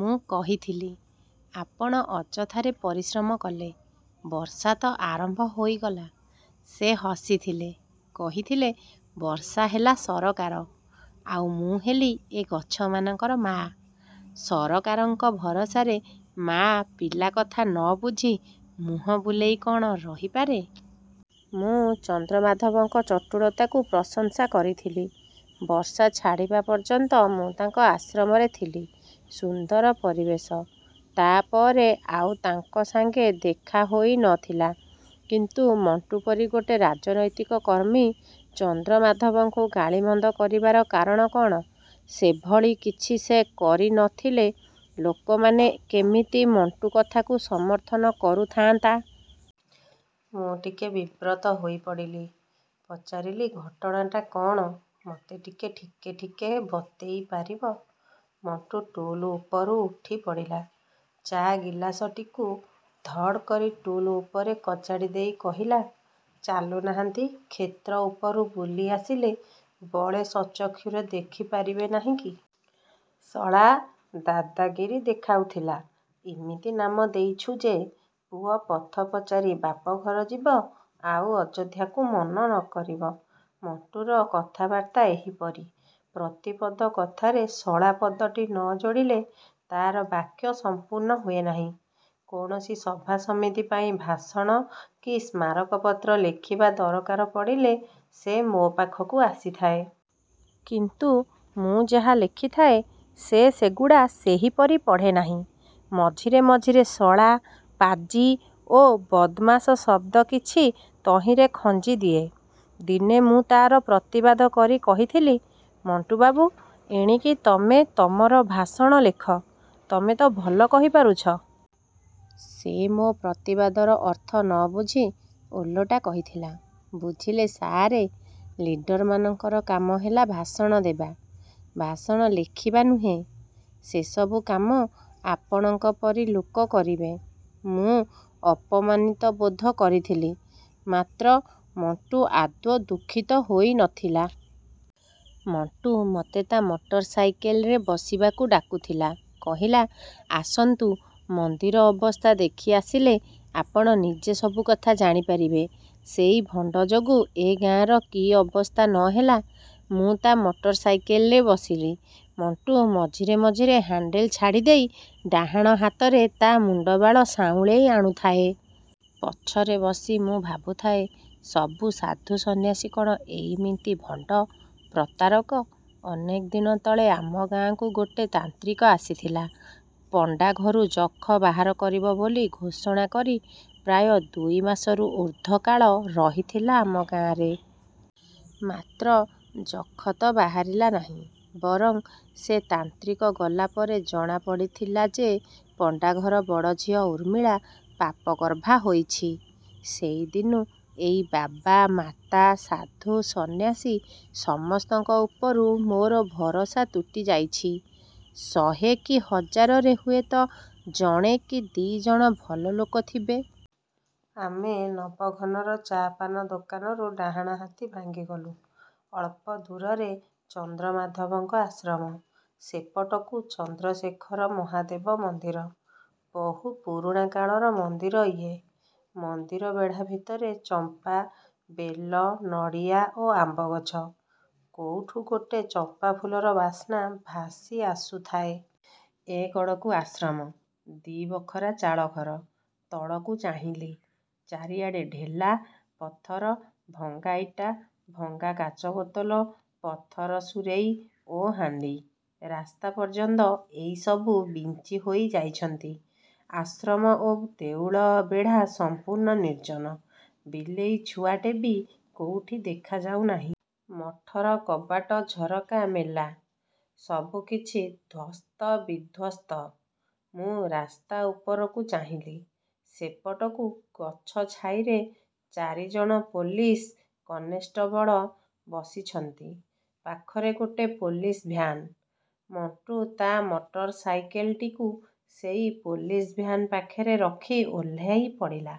ମୁଁ କହିଥିଲି, "ଆପଣ ଅଯଥାରେ ପରିଶ୍ରମ କଲେ। ବର୍ଷା ତ ଆରମ୍ଭ ହୋଇଗଲା।" ସେ ହସିଥିଲେ। କହିଥିଲେ, "ବର୍ଷା ହେଲା ସରକାର, ଆଉ ମୁଁ ହେଲି ଏ ଗଛମାନଙ୍କର ମା'। ସରକାରଙ୍କ ଭରସାରେ ମା' ପିଲା କଥା ନ ବୁଝି ମୁହଁ ବୁଲେଇ କ'ଣ ରହିପାରେ!" ମୁଁ ଚନ୍ଦ୍ରମାଧବଙ୍କ ଚଟୁଳତାକୁ ପ୍ରଶଂସା କରିଥିଲି। ବର୍ଷା ଛାଡ଼ିବା ପର୍ଯ୍ୟନ୍ତ ମୁଁ ତାଙ୍କ ଆଶ୍ରମରେ ଥିଲି। ସୁନ୍ଦର ପରିବେଶ। ତା'ପରେ ଆଉ ତାଙ୍କ ସାଙ୍ଗେ ଦେଖା ହୋଇ ନଥିଲା। କିନ୍ତୁ ମଣ୍ଟୁ ପରି ଗୋଟେ ରାଜନୈତିକ କର୍ମୀ ଚନ୍ଦ୍ରମାଧବଙ୍କୁ ଗାଳିମନ୍ଦ କରିବାର କାରଣ କ'ଣ? ସେଭଳି କିଛି ସେ କରିନଥିଲେ ଲୋକମାନେ କେମିତି ମଣ୍ଟୁ କଥାକୁ ସମର୍ଥନ କରୁଥାଆନ୍ତା! ମୁଁ ଟିକେ ବିବ୍ରତ ହୋଇ ପଡ଼ିଲି। ପଚାରିଲି, "ଘଟଣାଟା କ'ଣ ମୋତେ ଟିକେ ଠିକେ ଠିକେ ବତେଇ ପାରିବ?" ମଣ୍ଟୁ ଟୁଲ୍ ଉପରୁ ଉଠି ପଡ଼ିଲା। ଚା' ଗିଲାସଟିକୁ ଧଡ଼୍ କରି ଟୁଲ୍ ଉପରେ କଚାଡ଼ି ଦେଇ କହିଲା, "ଚାଲୁନାହାନ୍ତି, କ୍ଷେତ୍ର ଉପରୁ ବୁଲି ଆସିଲେ ବଳେ ସ୍ୱଚକ୍ଷୁରେ ଦେଖି ପାରିବେ ନାହିଁ କି! ଶଳା ଦାଦାଗିରି ଦେଖାଉଥିଲା। ଇମିତି ନାମ ଦେଇଛୁ ଯେ ପୁଅ ପଥ ପଚାରି ବାପଘର ଯିବ, ଆଉ ଅଯୋଧ୍ୟାକୁ ମନ ନ କରିବ।" ମଣ୍ଟୁର କଥାବାର୍ତ୍ତା ଏହିପରି। ପ୍ରତି ପଦ କଥାରେ 'ଶଳା' ପଦଟି ନ ଯୋଡ଼ିଲେ ତା'ର ବାକ୍ୟ ସମ୍ପୂର୍ଣ୍ଣ ହୁଏ ନାହିଁ। କୌଣସି ସଭା ସମିତି ପାଇଁ ଭାଷଣ କି ସ୍ମାରକପତ୍ର ଲେଖିବା ଦରକାର ପଡ଼ିଲେ ସେ ମୋ ପାଖକୁ ଆସିଥାଏ। କିନ୍ତୁ ମୁଁ ଯାହା ଲେଖିଥାଏ, ସେ ସେଗୁଡ଼ା ସେଇପରି ପଢ଼େ ନାହିଁ। ମଝିରେ ମଝିରେ ଶଳା, ପାଜି ଓ ବଦ୍‌ମାସ ଶବ୍ଦ କିଛି ତହିଁରେ ଖଞ୍ଜି ଦିଏ। ଦିନେ ମୁଁ ତା'ର ପ୍ରତିବାଦ କରି କହିଥିଲି, "ମଣ୍ଟୁବାବୁ! ଏଣିକି ତମେ ତମର ଭାଷଣ ଲେଖ। ତମେ ତ ଭଲ କହି ପାରୁଛ।" ସେ ମୋ ପ୍ରତିବାଦର ଅର୍ଥ ନ ବୁଝି ଓଲଟା କହିଥିଲା, "ବୁଝିଲେ ସାଆରେ! ଲିଡର୍‌ମାନଙ୍କ କାମ ହେଲା ଭାଷଣ ଦେବା, ଭାଷଣ ଲେଖିବା ନୁହେଁ। ସେସବୁ କାମ ଆପଣଙ୍କ ପରି ଲୋକ କରିବେ।" ମୁଁ ଅପମାନିତ ବୋଧ କରିଥିଲି। ମାତ୍ର ମଣ୍ଟୁ ଆଦୌ ଦୁଃଖିତ ହୋଇ ନଥିଲା। ମଣ୍ଟୁ ମୋତେ ତା' ମଟରସାଇକେଲ୍‌ରେ ବସିବାକୁ ଡାକୁଥିଲା। କହିଲା, "ଆସନ୍ତୁ, ମନ୍ଦିର ଅବସ୍ଥା ଦେଖି ଆସିଲେ ଆପଣ ନିଜେ ସବୁ କଥା ଜାଣି ପାରିବେ। ସେଇ ଭଣ୍ଡ ଯୋଗୁ ଏ ଗାଁର କି ଅବସ୍ଥା ନ ହେଲା...!" ମୁଁ ତା' ମଟରସାଇକେଲ୍‌ରେ ବସିଲି। ମଣ୍ଟୁ ମଝିରେ ମଝିରେ ହ୍ୟାଣ୍ଡଲ୍ ଛାଡ଼ି ଦେଇ ଡାହାଣ ହାତରେ ତା' ମୁଣ୍ଡବାଳ ସାଉଁଳେଇ ଆଣୁଥାଏ। ପଛରେ ବସି ମୁଁ ଭାବୁଥାଏ, ସବୁ ସାଧୁ ସନ୍ନ୍ୟାସୀ କ'ଣ ଏଇମିତି ଭଣ୍ଡ, ପ୍ରତାରକ? ଅନେକ ଦିନ ତଳେ ଆମ ଗାଁକୁ ଗୋଟେ ତାନ୍ତ୍ରିକ ଆସିଥିଲା। ପଣ୍ଡା ଘରୁ ଯକ୍ଷ ବାହାର କରିବ ବୋଲି ଘୋଷଣା କରି ପ୍ରାୟ ଦୁଇ ମାସରୁ ଊର୍ଦ୍ଧ୍ୱ କାଳ ରହିଥିଲା ଆମ ଗାଁରେ। ମାତ୍ର ଯକ୍ଷ ତ ବାହାରିଲା ନାହିଁ, ବରଂ ସେ ତାନ୍ତ୍ରିକ ଗଲା ପରେ ଜଣା ପଡ଼ିଥିଲା ଯେ ପଣ୍ଡାଘର ବଡ଼ଝିଅ ଉର୍ମିଳା ପାପଗର୍ଭା ହୋଇଛି। ସେଇଦିନୁ ଏଇ ବାବା, ମାତା, ସାଧୁ, ସନ୍ନ୍ୟାସୀ ସମସ୍ତଙ୍କ ଉପରୁ ମୋର ଭରସା ତୁଟି ଯାଇଛି। ଶହେ କି ହଜାରରେ ହୁଏତ ଜଣେ ଦି'ଜଣ ଭଲ ଲୋକ ଥିବେ। ଆମେ ନବଘନର ଚା'-ପାନ ଦୋକାନରୁ ଡାହାଣହାତି ଭାଙ୍ଗି ଗଲୁ। ଅଳ୍ପ ଦୂରରେ ଚନ୍ଦ୍ରମାଧବଙ୍କ ଆଶ୍ରମ। ସେପଟକୁ ଚନ୍ଦ୍ରଶେଖର ମହାଦେବ ମନ୍ଦିର। ବହୁ ପୁରୁଣା କାଳର ମନ୍ଦିର ଇଏ। ମନ୍ଦିର ବେଢ଼ା ଭିତରେ ଚମ୍ପା, ବେଲ, ନଡ଼ିଆ ଓ ଆମ୍ବଗଛ। କୋଉଠୁ ଗୋଟେ ଚମ୍ପାଫୁଲର ବାସ୍ନା ଭାସି ଆସୁଥାଏ। ଏ କଡ଼କୁ ଆଶ୍ରମ। ଦି'ବଖରା ଚାଳଘର। ତଳକୁ ଚାହିଁଲି। ଚାରିଆଡ଼େ ଢେଲା, ପଥର, ଭଙ୍ଗା ଇଟା, ଭଙ୍ଗା କାଚ ବୋତଲ, ପଥର, ସୁରେଇ ଓ ହାଣ୍ଡି। ରାସ୍ତା ପର୍ଯ୍ୟନ୍ତ ଏଇ ସବୁ ବିଞ୍ଚି ହୋଇ ଯାଇଛନ୍ତି। ଆଶ୍ରମ ଓ ଦେଉଳ ବେଢ଼ା ସମ୍ପୂର୍ଣ୍ଣ ନିର୍ଜନ। ବିଲେଇଛୁଆଟେ ବି କୋଉଠି ଦେଖା ଯାଉନାହିଁ। ମଠର କବାଟ ଝରକା ମେଲା। ସବୁକିଛି ଧ୍ୱସ୍ତବିଧ୍ୱସ୍ତ। ମୁଁ ରାସ୍ତା ଉପରକୁ ଚାହିଁଲି। ସେପଟକୁ ଗଛ ଛାଇରେ ଚାରିଜଣ ପୋଲିସ କନେଷ୍ଟବଳ ବସିଛନ୍ତି। ପାଖରେ ଗୋଟେ ପୋଲିସ ଭ୍ୟାନ୍। ମଣ୍ଟୁ ତା' ମଟରସାଇକେଲ୍‌ଟିକୁ ସେଇ ପୋଲିସ ଭ୍ୟାନ୍ ପାଖରେ ରଖି ଓହ୍ଲେଇ ପଡ଼ିଲା।